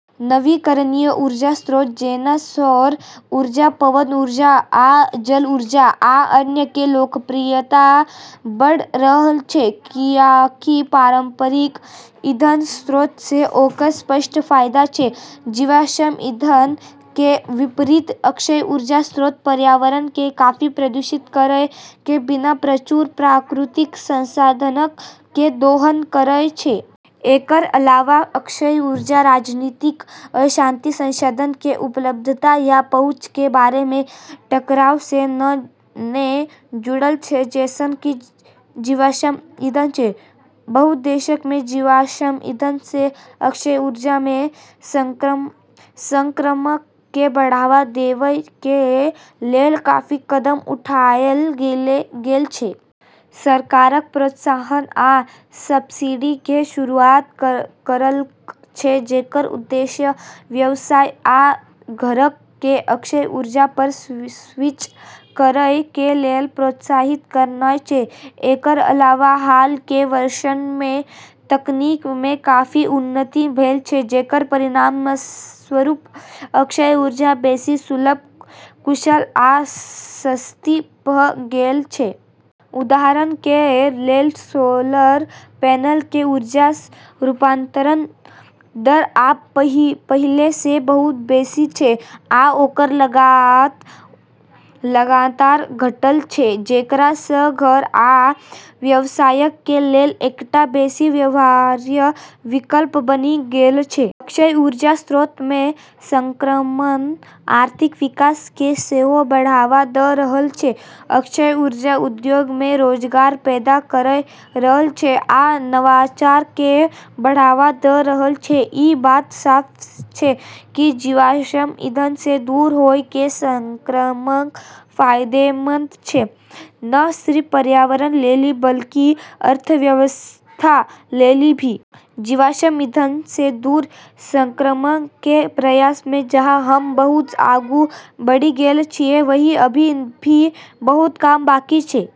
नवीकरणीय ऊर्जा स्रोत जेना सौर ऊर्जा, पवन ऊर्जा, आ जल ऊर्जा, आ अन्य कें लोकप्रियता बढ़ रहल छै, कियाकि पारंपरिक ईंधन स्रोत सं ओकर स्पष्ट फायदा छै. जीवाश्म ईंधन कें विपरीत, अक्षय ऊर्जा स्रोत पर्यावरण कें काफी प्रदूषित करय कें बिना प्रचुर प्राकृतिक संसाधनक कें दोहन करय छै. एकरऽ अलावा अक्षय ऊर्जा राजनीतिक अशांति, संसाधनऽ के उपलब्धता, या पहुँच के बारे म॑ टकराव स॑ नै जुड़लऽ छै जैसनऽ कि जीवाश्म ईंधन छै। बहुत देशक मे जीवाश्म ईंधन सं अक्षय ऊर्जा मे संक्रमण कें बढ़ावा देवय कें लेल काफी कदम उठाएल गेल छै. सरकारक प्रोत्साहन आ सब्सिडी कें शुरूआत करलक छै जेकर उद्देश्य व्यवसाय आ घरक कें अक्षय ऊर्जा पर स्विच करय कें लेल प्रोत्साहित करनाय छै. एकर अलावा, हाल कें वर्षक मे तकनीक मे काफी उन्नति भेल छै, जेकर परिणामस्वरूप अक्षय ऊर्जा बेसि सुलभ, कुशल आ सस्ती भ गेल छै. उदाहरण कें लेल, सोलर पैनल कें ऊर्जा रूपांतरण दर आब पहिले सं बहुत बेसि छै, आ ओकर लागत लगातार घटल छै, जेकरा सं घर आ व्यवसायक कें लेल एकटा बेसि व्यवहार्य विकल्प बनि गेल छै. अक्षय ऊर्जा स्रोत मे संक्रमण आर्थिक विकास कें सेहो बढ़ावा द रहल छै, अक्षय ऊर्जा उद्योग मे रोजगार पैदा करय रहल छै, आ नवाचार कें बढ़ावा द रहल छै. ई बात साफ छै कि जीवाश्म ईंधन स॑ दूर होय के संक्रमण फायदेमंद छै, न सिर्फ पर्यावरण लेली बल्कि अर्थव्यवस्था लेली भी। जीवाश्म ईंधन स॑ दूर संक्रमण के प्रयास म॑ जहाँ हम्मं॑ बहुत आगू बढ़ी गेलऽ छियै, वहीं अभी भी बहुत काम बाकी छै।